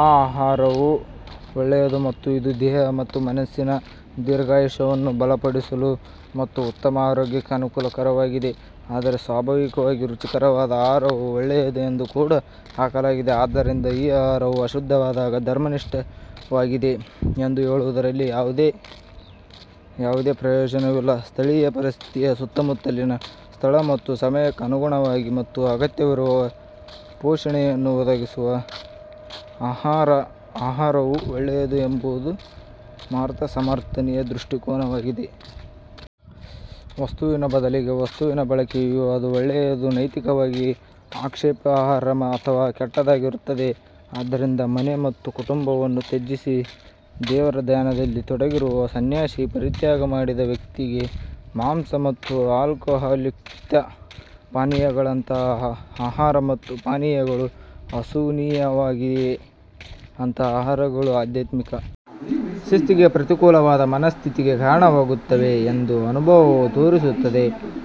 ಆ ಆಹಾರವು ಒಳ್ಳೆಯದು ಮತ್ತು ಇದು ದೇಹ ಮತ್ತು ಮನಸ್ಸಿನ ದೀರ್ಘಾಯುಷ್ಯವನ್ನು ಬಲಪಡಿಸಲು ಮತ್ತು ಉತ್ತಮ ಆರೋಗ್ಯಕ್ಕೆ ಅನುಕೂಲಕರವಾಗಿದೆ ಆದರೆ ಸ್ವಾಭಾವಿಕವಾಗಿ ರುಚಿಕರವಾದ ಆಹಾರವು ಒಳ್ಳೆಯದು ಎಂದು ಕೂಡ ಹಾಕಲಾಗಿದೆ ಆದ್ದರಿಂದ ಈ ಆಹಾರವು ಅಶುದ್ಧವಾದಾಗ ಧರ್ಮನಿಷ್ಠವಾಗಿದೆ ಎಂದು ಹೇಳುವುದರಲ್ಲಿ ಯಾವುದೇ ಪ್ರಯೋಜನವಿಲ್ಲ ಸ್ಥಳೀಯ ಪರಿಸ್ಥಿತಿಯ ಸುತ್ತಮುತ್ತಲಿನ ಸ್ಥಳ ಮತ್ತು ಸಮಯಕ್ಕೆ ಅನುಗುಣವಾಗಿ ಮತ್ತು ಅಗತ್ಯವಿರುವ ಪೋಷಣೆಯನ್ನು ಒದಗಿಸುವ ಆಹಾರವು ಒಳ್ಳೆಯದು ಎಂಬುದು ಮಾತ್ರ ಸಮರ್ಥನೀಯ ದೃಷ್ಟಿಕೋನವಾಗಿದೆ. ವಸ್ತುವಿನ ಬದಲಿಗೆ ವಸ್ತುವಿನ ಬಳಕೆಯು ಅದು ಒಳ್ಳೆಯದು ನೈತಿಕವಾಗಿ ಆಕ್ಷೇಪಾರ್ಹ ಅಥವಾ ಕೆಟ್ಟದ್ದಾಗಿರುತ್ತದೆ ಆದ್ದರಿಂದ ಮನೆ ಮತ್ತು ಕುಟುಂಬವನ್ನು ತ್ಯಜಿಸಿ ದೇವರ ಧ್ಯಾನದಲ್ಲಿ ತೊಡಗಿರುವ ಸನ್ಯಾಸಿ ಪರಿತ್ಯಾಗ ಮಾಡಿದ ವ್ಯಕ್ತಿಗೆ ಮಾಂಸ ಮತ್ತು ಆಲ್ಕೊಹಾಲ್ಯುಕ್ತ ಪಾನೀಯಗಳಂತಹ ಆಹಾರ ಮತ್ತು ಪಾನೀಯಗಳು ಅಸಹನೀಯವಾಗಿವೆ. ಅಂತಹ ಆಹಾರಗಳು ಆಧ್ಯಾತ್ಮಿಕ ಶಿಸ್ತಿಗೆ ಪ್ರತಿಕೂಲವಾದ ಮನಸ್ಥಿತಿಗೆ ಕಾರಣವಾಗುತ್ತವೆ ಎಂದು ಅನುಭವವು ತೋರಿಸುತ್ತದೆ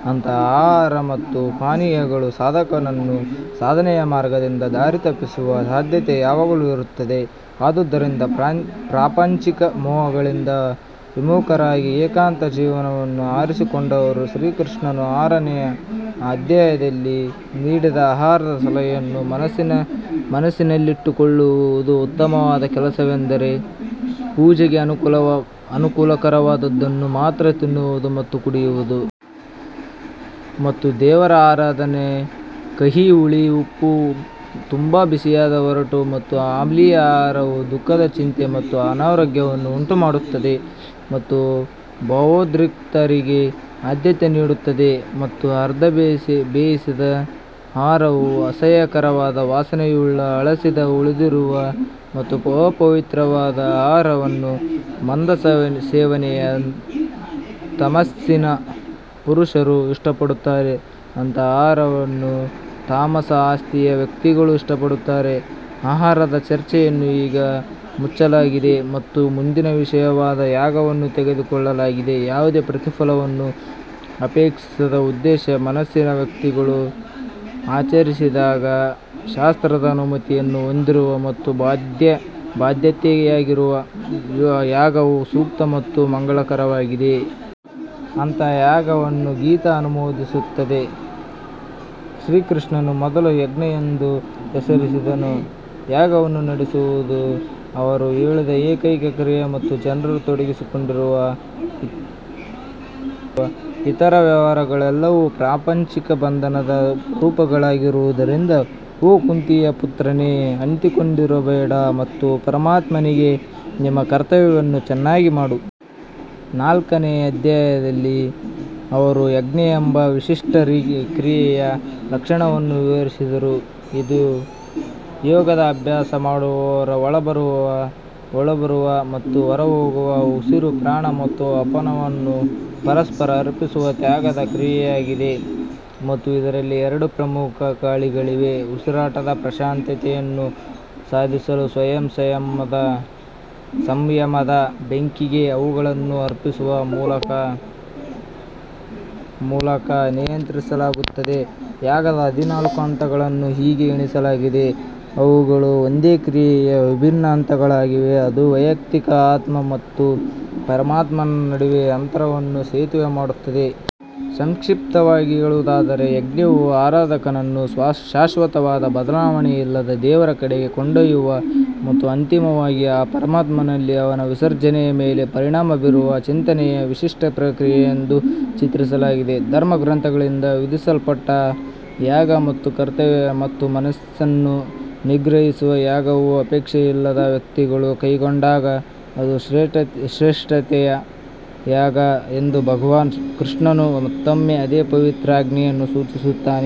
ಅಂತಹ ಆಹಾರ ಮತ್ತು ಪಾನೀಯಗಳು ಸಾಧಕನನ್ನು ಸಾಧನೆಯ ಮಾರ್ಗದಿಂದ ದಾರಿ ತಪ್ಪಿಸುವ ಸಾಧ್ಯತೆ ಯಾವಾಗಲೂ ಇರುತ್ತದೆ ಆದುದರಿಂದ ಪ್ರಾಪಂಚಿಕ ಮೋಹಗಳಿಂದ ವಿಮುಖರಾಗಿ ಏಕಾಂತ ಜೀವನವನ್ನು ಆರಿಸಿಕೊಂಡವರು ಶ್ರೀಕೃಷ್ಣನು ಆರನೇ ಅಧ್ಯಾಯದಲ್ಲಿ ನೀಡಿದ ಆಹಾರದ ಸಲಹೆಯನ್ನು ಮನಸ್ಸಿನಲ್ಲಿಟ್ಟುಕೊಳ್ಳುವುದು ಉತ್ತಮವಾದ ಕೆಲಸವೆಂದರೆ ಪೂಜೆಗೆ ಅನುಕೂಲಕರವಾದದ್ದನ್ನು ಮಾತ್ರ ತಿನ್ನುವುದು ಮತ್ತು ಕುಡಿಯುವುದು. ಮತ್ತು ದೇವರ ಆರಾಧನೆ ಕಹಿ ಹುಳಿ ಉಪ್ಪು ತುಂಬಾ ಬಿಸಿಯಾದ ಒರಟು ಮತ್ತು ಆಮ್ಲೀಯ ಆಹಾರವು ದುಃಖದ ಚಿಂತೆ ಮತ್ತು ಅನಾರೋಗ್ಯವನ್ನು ಉಂಟುಮಾಡುತ್ತದೆ ಮತ್ತು ಭಾವೋದ್ರಿಕ್ತರಿಗೆ ಆದ್ಯತೆ ನೀಡುತ್ತದೆ ಮತ್ತು ಅರ್ಧ ಬೇಯಿಸಿದ ಆಹಾರವು ಅಸಹ್ಯಕರವಾದ ವಾಸನೆಯುಳ್ಳ ಹಳಸಿದ ಉಳಿದಿರುವ ಮತ್ತು ಅಪವಿತ್ರವಾದ ಆಹಾರವನ್ನು ಮಂದ ಸಂವೇದನೆಯ ತಮಸ್ಸಿನ ಪುರುಷರು ಇಷ್ಟಪಡುತ್ತಾರೆ ಅಂತಹ ಆಹಾರವನ್ನು ತಾಮಸ ಆಸ್ತಿಯ ವ್ಯಕ್ತಿಗಳು ಇಷ್ಟಪಡುತ್ತಾರೆ ಆಹಾರದ ಚರ್ಚೆಯನ್ನು ಈಗ ಮುಚ್ಚಲಾಗಿದೆ ಮತ್ತು ಮುಂದಿನ ವಿಷಯವಾದ ಯಾಗವನ್ನು ತೆಗೆದುಕೊಳ್ಳಲಾಗಿದೆ ಯಾವುದೇ ಪ್ರತಿಫಲವನ್ನು ಅಪೇಕ್ಷಿಸದ ಉದ್ದೇಶ ಮನಸ್ಸಿನ ವ್ಯಕ್ತಿಗಳು ಆಚರಿಸಿದಾಗ ಶಾಸ್ತ್ರದ ಅನುಮತಿಯನ್ನು ಹೊಂದಿರುವ ಮತ್ತು ಬಾಧ್ಯತೆಯಾಗಿರುವ ಯಾಗವು ಸೂಕ್ತ ಮತ್ತು ಮಂಗಳಕರವಾಗಿದೆ. ಅಂತಹ ಯಾಗವನ್ನು ಗೀತಾ ಅನುಮೋದಿಸುತ್ತದೆ ಶ್ರೀಕೃಷ್ಣನು ಮೊದಲು ಯಜ್ಞ ಎಂದು ಹೆಸರಿಸಿದನು ಯಾಗವನ್ನು ನಡೆಸುವುದು ಅವರು ಹೇಳಿದ ಏಕೈಕ ಕ್ರಿಯೆ ಮತ್ತು ಜನರು ತೊಡಗಿಸಿಕೊಂಡಿರುವ ಇತರ ವ್ಯವಹಾರಗಳೆಲ್ಲವೂ ಪ್ರಾಪಂಚಿಕ ಬಂಧನದ ರೂಪಗಳಾಗಿರುವುದರಿಂದ ಓ ಕುಂತಿಯ ಪುತ್ರನೇ ಅಂಟಿಕೊಂಡಿರಬೇಡ ಮತ್ತು ಪರಮಾತ್ಮನಿಗೆ ನಿಮ್ಮ ಕರ್ತವ್ಯವನ್ನು ಚೆನ್ನಾಗಿ ಮಾಡು. ನಾಲ್ಕನೇ ಅಧ್ಯಾಯದಲ್ಲಿ ಅವರು ಯಜ್ಞ ಎಂಬ ವಿಶಿಷ್ಟ ಕ್ರಿಯೆಯ ಲಕ್ಷಣವನ್ನು ವಿವರಿಸಿದರು ಇದು ಯೋಗದ ಅಭ್ಯಾಸ ಮಾಡುವವರು ಒಳಬರುವ ಮತ್ತು ಹೊರಹೋಗುವ ಉಸಿರು ಪ್ರಾಣ ಮತ್ತು ಅಪನವನ್ನು ಪರಸ್ಪರ ಅರ್ಪಿಸುವ ತ್ಯಾಗದ ಕ್ರಿಯೆಯಾಗಿದೆ ಮತ್ತು ಇದರಲ್ಲಿ ಎರಡು ಪ್ರಮುಖ ಗಾಳಿಗಳಿವೆ. ಉಸಿರಾಟದ ಪ್ರಶಾಂತತೆಯನ್ನು ಸಾಧಿಸಲು ಸ್ವಯಂ ಸಂಯಮದ ಬೆಂಕಿಗೆ ಅವುಗಳನ್ನು ಅರ್ಪಿಸುವ ಮೂಲಕ ನಿಯಂತ್ರಿಸಲಾಗುತ್ತದೆ ಯಾಗದ ಹದಿನಾಲ್ಕು ಹಂತಗಳನ್ನು ಹೀಗೆ ಎಣಿಸಲಾಗಿದೆ ಅವುಗಳು ಒಂದೇ ಕ್ರಿಯೆಯ ವಿಭಿನ್ನ ಹಂತಗಳಾಗಿವೆ ಅದು ವೈಯಕ್ತಿಕ ಆತ್ಮ ಮತ್ತು ಪರಮಾತ್ಮನ ನಡುವಿನ ಅಂತರವನ್ನು ಸೇತುವೆ ಮಾಡುತ್ತದೆ. ಸಂಕ್ಷಿಪ್ತವಾಗಿ ಹೇಳುವುದಾದರೆ ಯಜ್ಞವು ಆರಾಧಕನನ್ನು ಶಾಶ್ವತವಾದ ಬದಲಾವಣೆಯಿಲ್ಲದ ದೇವರ ಕಡೆಗೆ ಕೊಂಡೊಯ್ಯುವ ಮತ್ತು ಅಂತಿಮವಾಗಿ ಆ ಪರಮಾತ್ಮನಲ್ಲಿ ಅವನ ವಿಸರ್ಜನೆಯ ಮೇಲೆ ಪರಿಣಾಮ ಬೀರುವ ಚಿಂತನೆಯ ವಿಶಿಷ್ಟ ಪ್ರಕ್ರಿಯೆ ಎಂದು ಚಿತ್ರಿಸಲಾಗಿದೆ. ಧರ್ಮಗ್ರಂಥಗಳಿಂದ ವಿಧಿಸಲ್ಪಟ್ಟ ಯಾಗ ಮತ್ತು ಕರ್ತವ್ಯ ಮತ್ತು ಮನಸ್ಸನ್ನು ನಿಗ್ರಹಿಸುವ ಯಾಗವು ಅಪೇಕ್ಷೆಯಿಲ್ಲದ ವ್ಯಕ್ತಿಗಳು ಕೈಗೊಂಡಾಗ ಅದು ಶ್ರೇಷ್ಠತೆಯ ಯಾಗ ಎಂದು ಭಗವಾನ್ ಕೃಷ್ಣನು ಮತ್ತೊಮ್ಮೆ ಅದೇ ಪವಿತ್ರ ಆಜ್ಞೆಯನ್ನು ಸೂಚಿಸುತ್ತಾನೆ.